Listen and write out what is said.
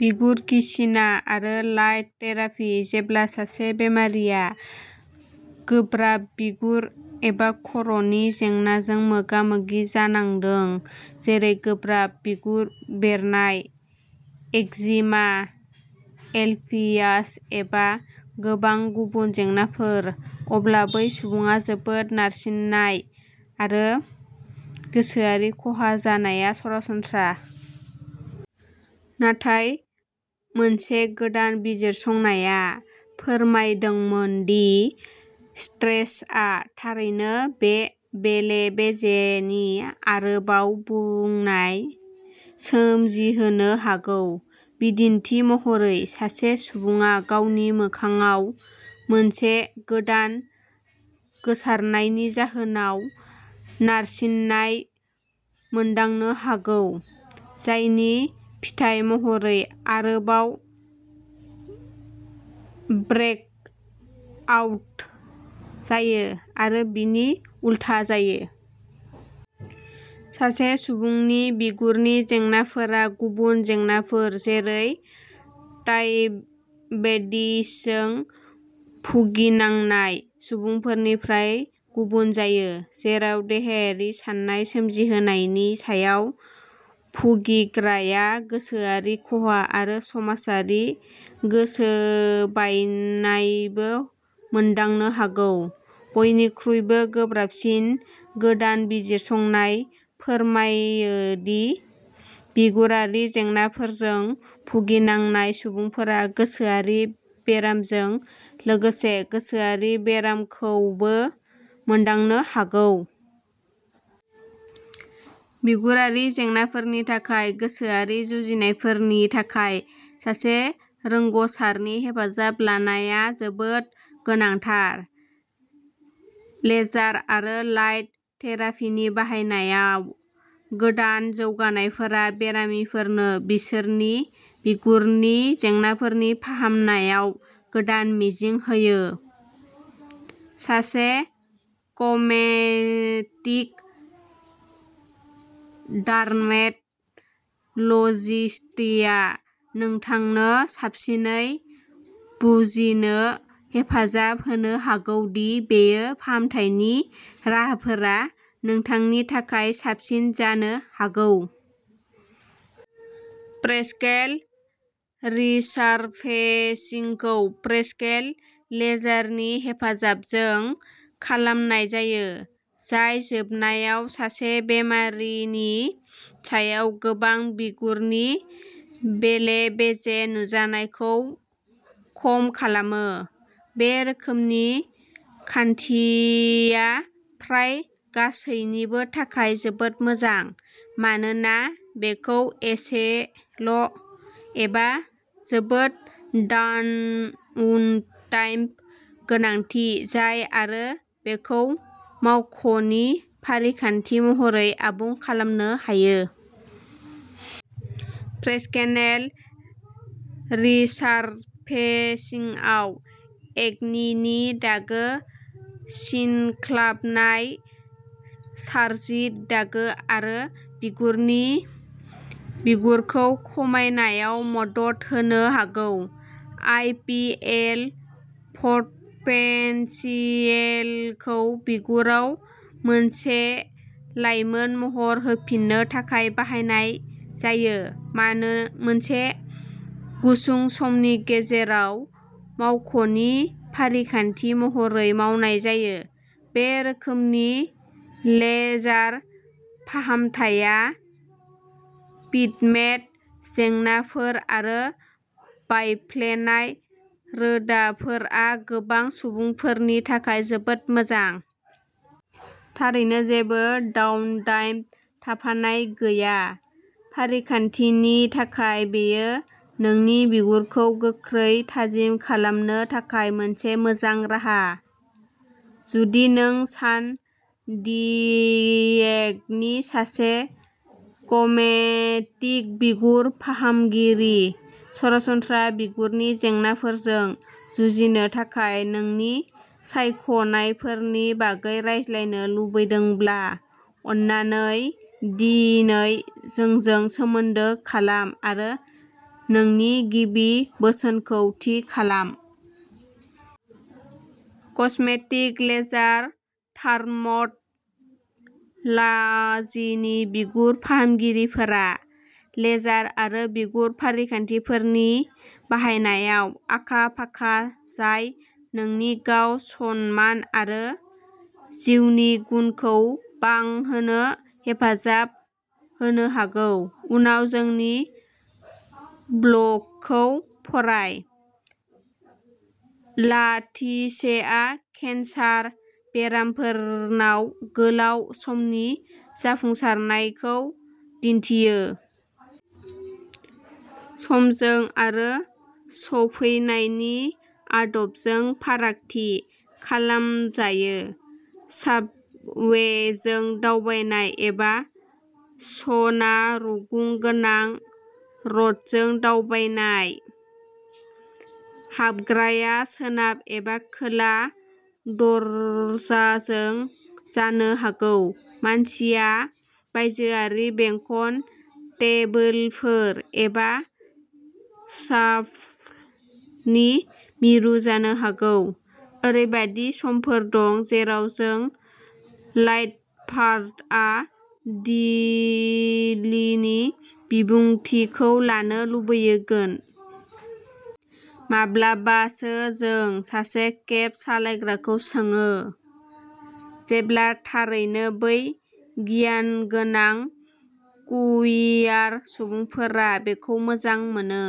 बिगुर गिसिना आरो light therapy. जेब्ला सासे बेरामिया गोब्राब बिगुर एबा खर "नि जेंनाजों मोगा मोगि जानांदों, जेरै गोब्राब बिगुर बेरनाय, एक्जिमा, एलपेसिया एबा गोबां गुबुन जेंनाफोर, अब्ला बै सुबुङा जोबोद नारसिननाय आरो गोसोआरि खहा जानाया सरासनस्रा। नाथाय मोनसे गोदान बिजिरसंनाया फोरमायदोंमोन दि स्ट्रेसआ थारैनो बे बेले बेजेनि आरोबाव बुनाय सोमजिहोनो हागौ। बिदिन्थि महरै, सासे सुबुङा गावनि मोखांआव मोनसे गोदान गोसारनायनि जाहोनाव नारसिननाय मोनदांनो हागौ, जायनि फिथाय महरै आरोबाव ब्रेकआउट जायो आरो बिनि उलथा जायो। सासे सुबुंनि बिगुरनि जेंनाफोरा गुबुन जेंनाफोर जेरै दाइबेटिसजों भुगिनांनाय सुबुंफोरनिफ्राय गुबुन जायो, जेराव देहायारि सानाय सोमजिहोनायनि सायाव, भुगिग्राया गोसोआरि खहा आरो समाजारि गोसोबायनायबो मोनदांनो हागौ। बयनिख्रुइबो गोब्राबसिन, गोदान बिजिरसंनाया फोरमायो दि बिगुरारि जेंनाफोरजों भुगिनांनाय सुबुंफोरा गोसोआरि बेरामजों लोगोसे गोसोआरि बेरामखौबो मोनदांनो हागौ। बिगुरारि जेंनाफोरनि थाखाय गोसोआरि जुजिनायफोरनि थाखाय सासे रोंग'सारनि हेफाजाब लानाया जोबोद गोनांथार। लेजार आरो लाइट थेरापिनि बाहायनायाव गोदान जौगानायफोरा बेरामिफोरनो बिसोरनि बिगुरनि जेंनाफोरनि फाहामनायाव गोदान मिजिं होयो। सासे कस्मेटिक डार्मेट'लजिस्टआ नोंथांनो साबसिनै बुजिनो हेफाजाब होनो हागौ दि बबे फाहामथायनि राहाफोरा नोंथांनि थाखाय साबसिन जानो हागौ। फ्रेक्सनेल रिसारफेसिंखौ फ्रेक्सेल लेजारनि हेफाजाबजों खालामनाय जायो, जाय जोबनायाव सासे बेरामिनि सायाव गोबां बिगुरनि बेले बेजे नुजानायखौ खम खालामो। बे रोखोमनि खान्थिया फ्राय गासैनिबो थाखाय जोबोद मोजां, मानोना बेखौ एसेल'एबा जेबो डाउनटाइम गोनांथि जाया आरो बेखौ मावख'नि फारिखान्थि महरै आबुं खालामनो हायो। फ्रेक्सनेल रिसारफेसिंआ एकनिनि दागो, सिनख्लाबनाय, सार्जारि दागो आरो बिगुरनि बिगुरखौ खमायनायाव मदद होनो हागौ। आइ. पि. एल. फट'फेसियेलखौ बिगुराव मोनसे लाइमोन महर होफिन्नो थाखाय बाहायनाय जायो। मानो मोनसे गुसुं समनि गेजेराव मावख'नि फारिखान्थि महरैबो मावनाय जायो, बे रोखोमनि लेजार फाहामथाया पिगमेन्ट जेंनाफोर आरो बायफ्लेनाय रोदाफोर गोनां सुबुंफोरनि थाखाय जोबोद मोजां। थारैनो जेबो डाउनटाइम थाफानाय गैया। फारिखान्थिनि थाखाय, बेयो नोंनि बिगुरखौ गोख्रै थाजिम खालामनो थाखाय मोनसे मोजां राहा। जुदि नों सान डियेग'नि सासे कस्मेटिक बिगुर फाहामगिरिजों सरासनस्रा बिगुरनि जेंनाफोरजों जुजिनो थाखाय नोंनि सायख'नायफोरनि बागै रायज्लायनो लुबैदोंब्ला, अन्नानै दिनै जोंजों सोमोन्दो खालाम आरो नोंनि गिबि बोसोनखौ थि खालाम। कस्मेटिक लेजार डार्मेट'लजिनि बिगुर फाहामगिरिफोरा लेजार आरो गुबुन फारिखान्थिफोरनि बाहायनायाव आखा फाखा, जाय नोंनि गाव सनमान आरो जिउनि गुनखौ बांहोनो हेफाजाब होनो हागौ। उनाव, जोंनि ब्लगखौ फराय, लाटिसेआ केन्सार बेरामिफोरनाव गोलाव समनि जाफुंसारनायखौ दिन्थियो। समजों आरो सफैनायनि आदबजों फारागथि खालामजायो। साबवेजों दावबायनाय एबा सना रुगुं गोनां रथजों दावबायनाय। हाबग्राया सोनाब एबा खोला दरजाजों जानो हागौ, मासिआ बायजोआरि बेंखन टेबोलफोर एबा स्पाइरलनि मिरु जानो हागौ। ओरैबायदि समफोर दं जेराव जों सालभादर डालीनि बिबुंथिखौ लानो लुबैगोन। माब्लाबासो जों सासे केब सालायग्राखौ सोङो, जेब्ला थारैनो बै गियानगोनां कुरियार सुबुंफोरा बेखौ मोजां मोनो।